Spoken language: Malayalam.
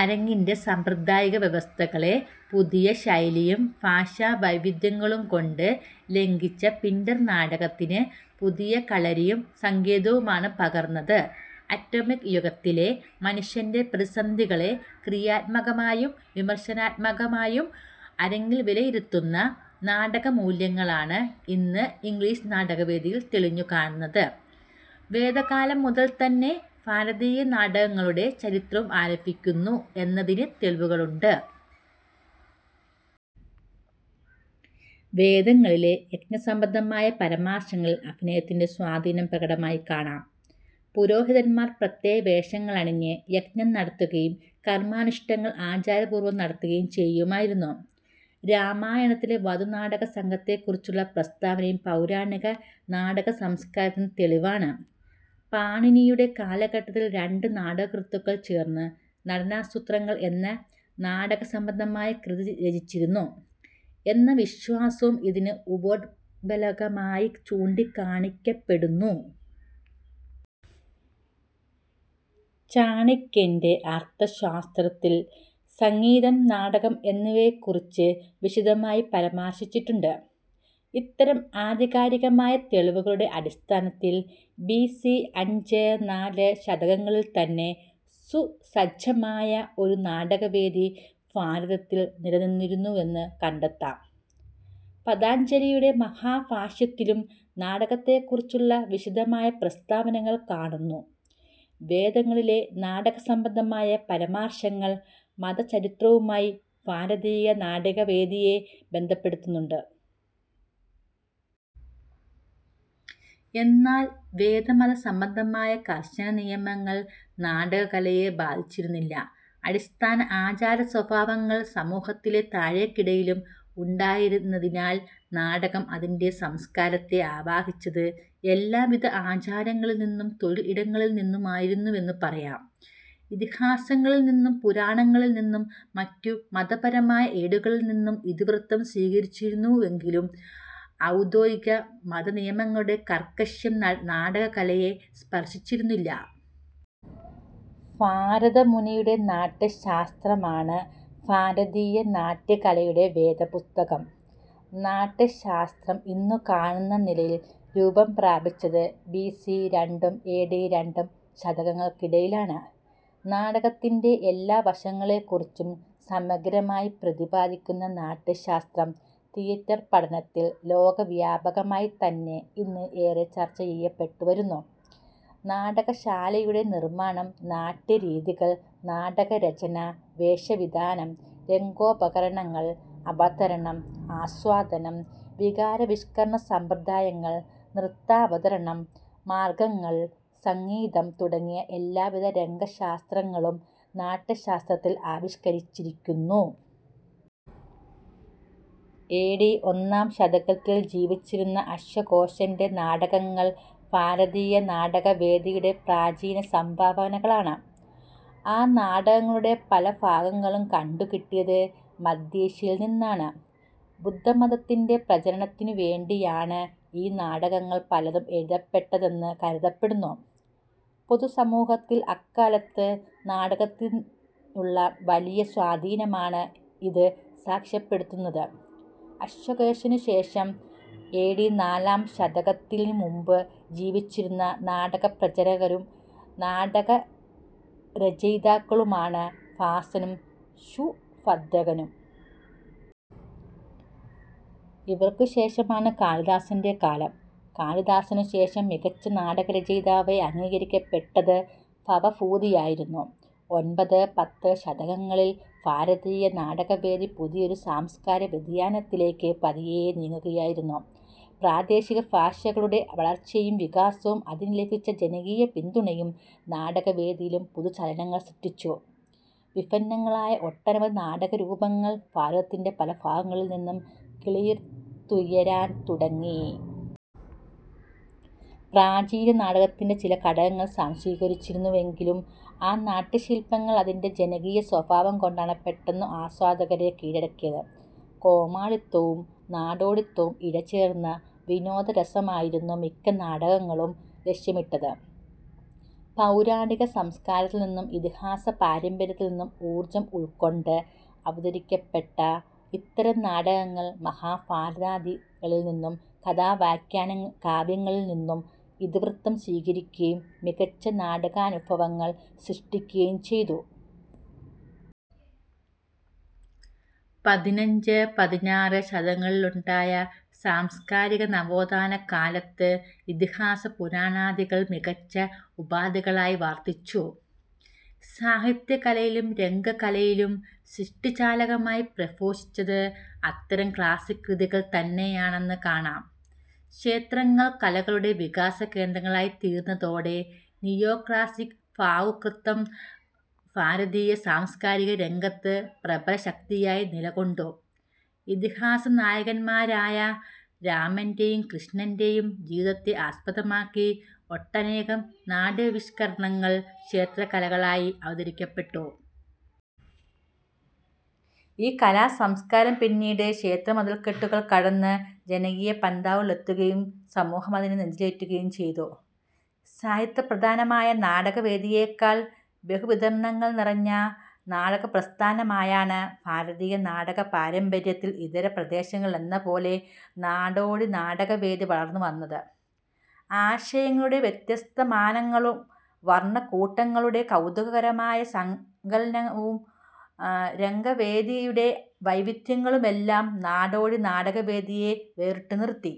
അരങ്ങിൻ്റെ സാമ്പ്രദായിക വ്യവസ്ഥകളെ പുതിയ ശൈലിയും ഭാഷാവൈവിധ്യങ്ങളുംകൊണ്ട് ലംഘിച്ച പിൻ്റ ർ നാടകത്തിന് പുതിയ കളരിയും സങ്കേതവുമാണ് പകർന്നത്. ആറ്റോമിക് യുഗത്തിലെ മനുഷ്യൻ്റെ പ്രതിസന്ധികളെ ക്രിയാത്മകമായും വിമർശനാത്മകമായും അരങ്ങിൽ വിലയിരുത്തുന്ന നാടകമൂല്യങ്ങളാണ് ഇന്ന് ഇംഗ്ലീഷ് നാടകവേദിയിൽ തെളിഞ്ഞു കാണുന്നത്. വേദകാലം മുതൽ തന്നെ ഭാരതീയ നാടകങ്ങളുടെ ചരിത്രവും ആരംഭിക്കുന്നു എന്നതിന് തെളിവുകളുണ്ട്. വേദങ്ങളിലെ യജ്ഞസംബന്ധമായ പരാമർശങ്ങളിൽ അഭിനയത്തിൻ്റെ സ്വാധീനം പ്രകടമായി കാണാം. പുരോഹതിന്മാർ പ്രത്യേകവേഷങ്ങളണിഞ്ഞ് യജ്ഞം നടത്തുകയും കർമാനുഷ്ഠാനങ്ങൾ ആചാരപൂർവം നടത്തുകയും ചെയ്യുമായിരുന്നു. രാമായണത്തിലെ വധൂനാടകസംഘത്തെക്കുറിച്ചുള്ള പ്രസ്താവനയും പൗരാണിക നാടകസംസ്കാരത്തിന് തെളിവാണ്. പാണിനിയുടെ കാലഘട്ടത്തിൽ രണ്ട് നാടകകൃത്തുക്കൾ ചേർന്ന് നടനസൂത്രങ്ങൾ എന്ന നാടകസംബന്ധമായ കൃതി രചിച്ചിരുന്നു എന്ന വിശ്വാസവും ഇതിന് ഉപോദ്ബലകമായി ചൂണ്ടിക്കാണിക്കപ്പെടുന്നു. ചാണക്യൻ്റെ അർഥശാസ്ത്രത്തിൽ സംഗീതം, നാടകം എന്നിവയെക്കുറിച്ച് വിശദമായി പരാമർശിച്ചിട്ടുണ്ട്. ഇത്തരം ആധികാരികമായ തെളിവുകളുടെ അടിസ്ഥാനത്തിൽ, ബി സി അഞ്ച്, നാല് ശതകങ്ങളിൽത്തന്നെ സുസജ്ജമായ ഒരു നാടകവേദി ഭാരതത്തിൽ നിലനിന്നിരുന്നുവെന്ന് കണ്ടെത്താം. പതഞ്ജലിയുടെ മഹാഭാഷ്യത്തിലും നാടകത്തെക്കുറിച്ചുള്ള വിശദമായ പ്രസ്താവങ്ങൾ കാണുന്നു. വേദങ്ങളിലെ നാടകസംബന്ധമായ പരാമർശങ്ങൾ മതചരിത്രവുമായി ഭാരതീയ നാടകവേദിയെ ബന്ധപ്പെടുത്തുന്നുണ്ട്. എന്നാൽ വേദമതസംബന്ധമായ കർശന നിയമങ്ങൾ നാടകകലയെ ബാധിച്ചിരുന്നില്ല. അടിസ്ഥാന ആചാരസ്വഭാവങ്ങൾ സമൂഹത്തിലെ താഴേക്കിടയിലും ഉണ്ടായിരുന്നതിനാൽ നാടകം, അതിൻ്റെ സംസ്കാരത്തെ ആവാഹിച്ചത് എല്ലാവിധ ആചാരങ്ങളിൽനിന്നും തൊഴിൽ ഇടങ്ങളിൽ നിന്നുമായിരുന്നുവെന്ന് പറയാം. ഇതിഹാസങ്ങളിൽനിന്നും പുരാണങ്ങളിൽനിന്നും മറ്റു മതപരമായ ഏടുകളിൽനിന്നും ഇതിവൃത്തം സ്വീകരിച്ചിരുന്നുവെങ്കിലും ഔദ്യോഗിക മതനിയമങ്ങളുടെ കാർക്കശ്യം നാടകകലയെ സ്പർശിച്ചിരുന്നില്ല. ഭരതമുനിയുടെ നാട്യശാസ്ത്രമാണ് ഭാരതീയ നാട്യകലയുടെ വേദപുസ്തകം. നാട്യശാസ്ത്രം ഇന്നുകാണുന്നനിലയിൽ രൂപംപ്രാപിച്ചത് ബി സി രണ്ടും എ ഡി രണ്ടും ശതകങ്ങൾക്കിടയിലാണ്. നാടകത്തിൻ്റെ എല്ലാ വശങ്ങളെക്കുറിച്ചും സമഗ്രമായി പ്രതിപാദിക്കുന്ന നാട്യശാസ്ത്രം, തിയേറ്റർപഠനത്തിൽ ലോകവ്യാപകമായിത്തന്നെ ഇന്ന് ഏറെ ചർച്ചചെയ്യപ്പെട്ടുവരുന്നു. നാടകശാലയുടെ നിർമ്മാണം, നാട്യരീതികൾ, നാടകരചന, വേഷവിധാനം, രംഗോപകരണങ്ങൾ, അവതരണം, ആസ്വാദനം, വികാരാവിഷ്കരണസമ്പ്രദായങ്ങൾ, നൃത്താവതരണ മാർഗങ്ങൾ, സംഗീതം തുടങ്ങിയ എല്ലാവിധ രംഗശാസ്ത്രങ്ങളും നാട്യശാസ്ത്രത്തിൽ ആവിഷ്കരിച്ചിരിക്കുന്നു. എ ഡി ഒന്നാം ശതകത്തിൽ ജീവിച്ചിരുന്ന ആശ്വഘോഷൻ്റെ നാടകങ്ങൾ ഭാരതീയ നാടകവേദിയുടെ പ്രാചീനസംഭാവനകളാണ്. ആ നാടകങ്ങളുടെ പല ഭാഗങ്ങളും കണ്ടുകിട്ടിയത് മധ്യേഷ്യയിൽ നിന്നാണ്. ബുദ്ധമതത്തിൻ്റെ പ്രചാരണത്തിനുവേണ്ടിയാണ് ഈ നാടകങ്ങൾ പലതും എഴുതപ്പെട്ടതെന്ന് കരുതപ്പെടുന്നു. പൊതുസമൂഹത്തിൽ അക്കാലത്ത് നാടകത്തിനുള്ള വലിയ സ്വാധീനമാണ് ഇത് സാക്ഷ്യപ്പെടുത്തുന്നത്. അശ്വഘോഷനുശേഷം, എ ഡി നാലാം ശതകത്തിനുമുമ്പു ജീവിച്ചിരുന്ന നാടകപ്രചാരകരും നാടകരചയിതാക്കളുമാണ് ഭാസനും ശൂദ്രകനും. ഇവർക്കുശേഷമാണ് കാളിദാസൻ്റെ കാലം. കാളിദാസനുശേഷം മികച്ച നാടകരചയിതാവായി അംഗീകരിക്കപ്പെട്ടത് ഭവഭൂതിയായിരുന്നു. ഒൻപത്-പത്ത് ശതകങ്ങളിൽ ഭാരതീയ നാടകവേദി പുതിയൊരു സാംസ്കാരിക വ്യതിയാനത്തിലേക്ക് പതിയെ നീങ്ങുകയായിരുന്നു. പ്രാദേശികഭാഷകളുടെ വളർച്ചയും വികാസവും അതിന് ലഭിച്ച ജനകീയ പിന്തുണയും നാടകവേദിയിലും പുതുചലനങ്ങൾ സൃഷ്ടിച്ചു. വിഭിന്നങ്ങളായ ഒട്ടനവധി നാടകരൂപങ്ങൾ ഭാരതത്തിൻ്റെ പല ഭാഗങ്ങളിൽനിന്നും കിളിർത്തുയരാൻ തുടങ്ങി. പ്രാചീന നാടകത്തിൻ്റെ ചില ഘടകങ്ങൾ സ്വാംശീകരിച്ചിരുന്നുവെങ്കിലും ആ നാട്യശില്പങ്ങൾ അതിൻ്റെ ജനകീയസ്വഭാവംകൊണ്ടാണ് പെട്ടെന്ന് ആസ്വാദകരെ കീഴടക്കിയത്. കോമാളിത്തവും നാടോടിത്തവും ഇഴചേർന്ന വിനോദരസമായിരുന്നു മിക്ക നാടകങ്ങളും ലക്ഷ്യമിട്ടത്. പൗരാണിക സംസ്കാരത്തിൽനിന്നും ഇതിഹാസപാരമ്പര്യത്തിൽനിന്നും ഊർജ്ജം ഉൾക്കൊണ്ട് അവതരിപ്പിക്കപ്പെട്ട ഇത്തരം നാടകങ്ങൾ മഹാഭാരതാദികളിൽനിന്നും കഥാവ്യാഖ്യാനകാവ്യങ്ങളിൽനിന്നും ഇതിവൃത്തം സ്വീകരിക്കുകയും മികച്ച നാടകാനുഭവങ്ങൾ സൃഷ്ടിക്കുകയും ചെയ്തു. പതിനഞ്ച്, പതിനാറ് ശതകങ്ങളിലുണ്ടായ സാംസ്കാരിക നവോത്ഥാന കാലത്ത് ഇതിഹാസപുരാണാദികൾ മികച്ച ഉപാധികളായി വർത്തിച്ചു. സാഹിത്യകലയിലും രംഗകലയിലും സൃഷ്ടിചാലകമായി പ്രശോഭിച്ചത് അത്തരം ക്ലാസ്സിക് കൃതികൾ തന്നെയാണെന്ന് കാണാം. ക്ഷേത്രങ്ങൾ കലകളുടെ വികാസകേന്ദ്രങ്ങളായിത്തീർന്നതോടെ നിയോക്ലാസ്സിക് ഭാവുകത്വം ഭാരതീയ സാംസ്കാരികരംഗത്ത് പ്രബലശക്തിയായി നിലകൊണ്ടു. ഇതിഹാസ നായകന്മാരായ രാമൻ്റെയും കൃഷ്ണൻ്റെയും ജീവിതത്തെ ആസ്പദമാക്കി ഒട്ടനേകം നാട്യാവിഷ്കാരങ്ങൾ ക്ഷേത്രകലകളായി അവതരിപ്പിക്കപ്പെട്ടു. ഈ കലാസംസ്കാരം പിന്നീട് ക്ഷേത്രമതിൽക്കെട്ടുകൾ കടന്ന് ജനകീയ പന്ഥാവുകളിലെത്തുകയും സമൂഹം അതിനെ നെഞ്ചിലേറ്റുകയും ചെയ്തു. സാഹിത്യപ്രധാനമായ നാടകവേദിയേക്കാൾ ബഹുവിതാനങ്ങൾ നിറഞ്ഞ നാടകപ്രസ്ഥാനമായാണ് ഭാരതീയ നാടകപാരമ്പര്യത്തിൽ ഇതര പ്രദേശങ്ങളിലെന്നപോലെ നാടോടി നാടകവേദി വളർന്നുവന്നത്. ആശയങ്ങളുടെ വ്യത്യസ്തമാനങ്ങളും വർണക്കൂട്ടുകളുടെ കൗതുകകരമായ സങ്കലനവും രംഗവേദിയുടെ വൈവിധ്യങ്ങളുമെല്ലാം നാടോടി നാടകവേദിയെ വേറിട്ടുനിർത്തി.